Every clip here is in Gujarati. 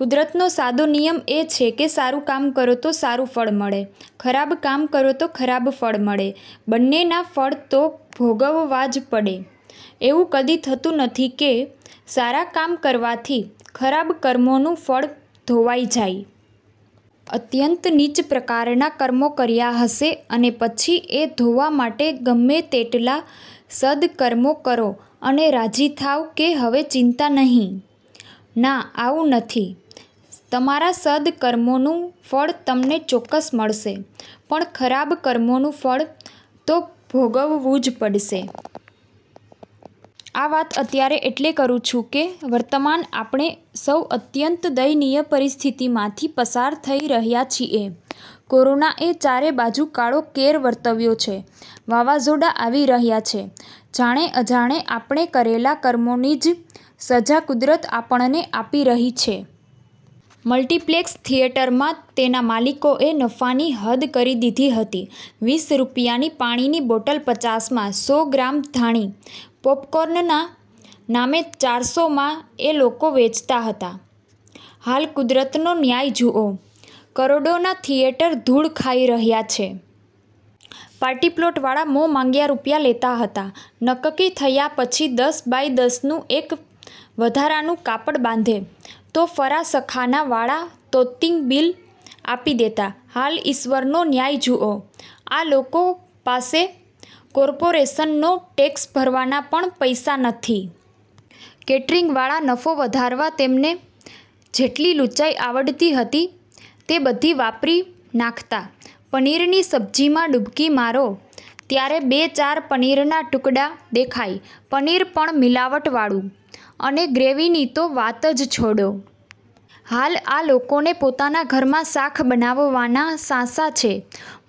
કુદરતનો સાદો નિયમ એ છે કે સારું કામ કરો તો સારું ફળ મળે ખરાબ કામ કરો તો ખરાબ ફળ મળે. બંન્ને ના ફળ તો ભોગવવા જ પડે. એવું કદી થતું નથી કે સારા કામ કરવાથી ખરાબ કર્મોનું ફળ ધોવાઈ જાય. અત્યંત નીચ પ્રકારના કર્મો કર્યા હશે અને પછી એ ધોવા માટે ગમે તેટલા સદકર્મો કરો અને રાજી થાવ કે હવે ચિંતા નહીં. ના આવું નથી તમારાં સદકર્મો નું ફળ તમને ચોક્કસ મળશે પણ ખરાબ કર્મોનું ફળ તો ભોગવવું જ પડશે. આ વાત અત્યારે એટલે કરું છું કે વર્તમાન આપણે સૌ અત્યંત દયનીય પરિસ્થિતિમાંથી પસાર થઈ રહ્યા છીએ. કોરોના એ ચારે બાજુ કાળો કેર વર્તવ્યો છે. વાવાઝોડા આવી રહ્યા છે. જાણે અજાણે આપણે કરેલા કર્મોની જ સજા કુદરત આપણને આપી રહી છે. મલ્ટીપ્લેક્સ થિયેટરમાં તેનાં માલિકોએ નફાની હદ કરી દીધી હતી વીસ રૂપિયાની પાણીની બોટલ પચાસ માં, સો ગ્રામ ધાણી- પોપકોર્નના નામે ચારસો માં એ લોકો વેચતા હતા. હાલ કુદરતનો ન્યાય જુઓ, કરોડોના થિયેટર ધુળ ખાઈ રહ્યા છે. પાર્ટીપ્લોટ વાળા મોં માંગ્યા રૂપિયા લેતાં હતા. નકકી થયાં પછી દસ બાય દસ નું એક વધારાનું કાપડ બાંધે તો ફરાસખાના વાળા તોતિંગ બિલ આપી દેતાં. હાલ ઈશ્વરનો ન્યાય જુઓ આ લોકો પાસે કોર્પોરેશન નો ટેક્સ ભરવાના પણ પૈસા નથી. કેટરીંગ વાળા, નફો વધારવા તેમને જેટલી લુચ્ચાઈ આવડતી હતી તે બધી વાપરી નાખતાં. પનીર ની સબ્જીમાં ડુબકી મારો ત્યારે બે ચાર પનીરના ટુકડા દેખાય, પનીર પણ મિલાવટ વાળું, અને ગ્રેવીની તો વાત જ છોડો. હાલ આ લોકોને પોતાના ઘરમાં શાક બનાવવાના સાંસા છે.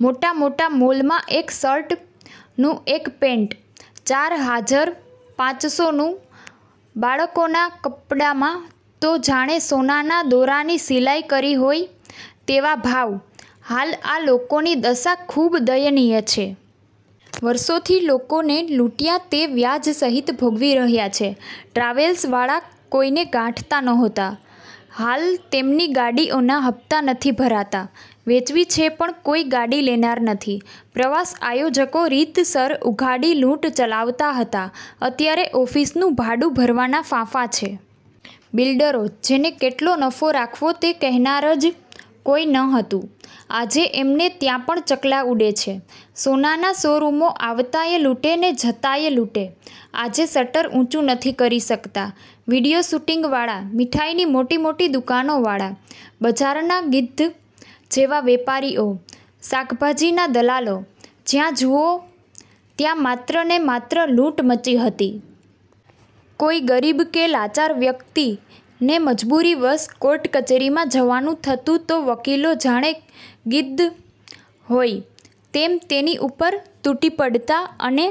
મોટા મોટા મોલમાં એક શર્ટ નું, એક પેન્ટ ચાર હાજર પાંચસો નું, બાળકોના કપડાંમાં તો જાણે સોનાના દોરાની સિલાઈ કરી હોય તેવા ભાવ. હાલ આ લોકોની દશા ખુબ દયનીય છે. વર્ષોથી લોકોને લૂંટયા તે વ્યાજ સહીત ભોગવી રહ્યા છે. ટ્રાવેલ્સ વાળા કોઈને ગાંઠતા નહોતા, હાલ તેમની ગાડીઓના હપ્તા નથી ભરાતા. વેચવી છે પણ કોઈ ગાડી લેનાર નથી. પ્રવાસ આયોજકો, રીતસર ઉઘાડી લુંટ ચલાવતા હતા અત્યારે ઓફીસનું ભાડું ભરવાના ફાંફા છે. બિલ્ડરો, જેને કેટલો નફો રાખવો તે કહેનાર જ કોઈ નહતું. આજે એમને ત્યાં પણ ચકલાં ઊડે છે. સોનાના શોરૂમો આવતાંય લુટે ને જતાંય લુંટે, આજે શટર ઊંચું નથી કરી શકતા. વીડિયો શુટિંગ વાળા, મીઠાઈની મોટી મોટી દુકાનો વાળા, બજારના ગિધ્ધ જેવાં વેપારીઓ, શાકભાજીના દલાલો, જ્યાં જુઓ ત્યાં માત્ર ને માત્ર લુંટ મચી હતી. કોઈ ગરીબ કે લાચાર વ્યક્તિ ને મજબૂરીવશ કોર્ટ-કચેરીમાં જવાનું થતું તો વકીલો જાણે ગિદ્ધ હોય તેમ તેની ઉપર તૂટી પડતા અને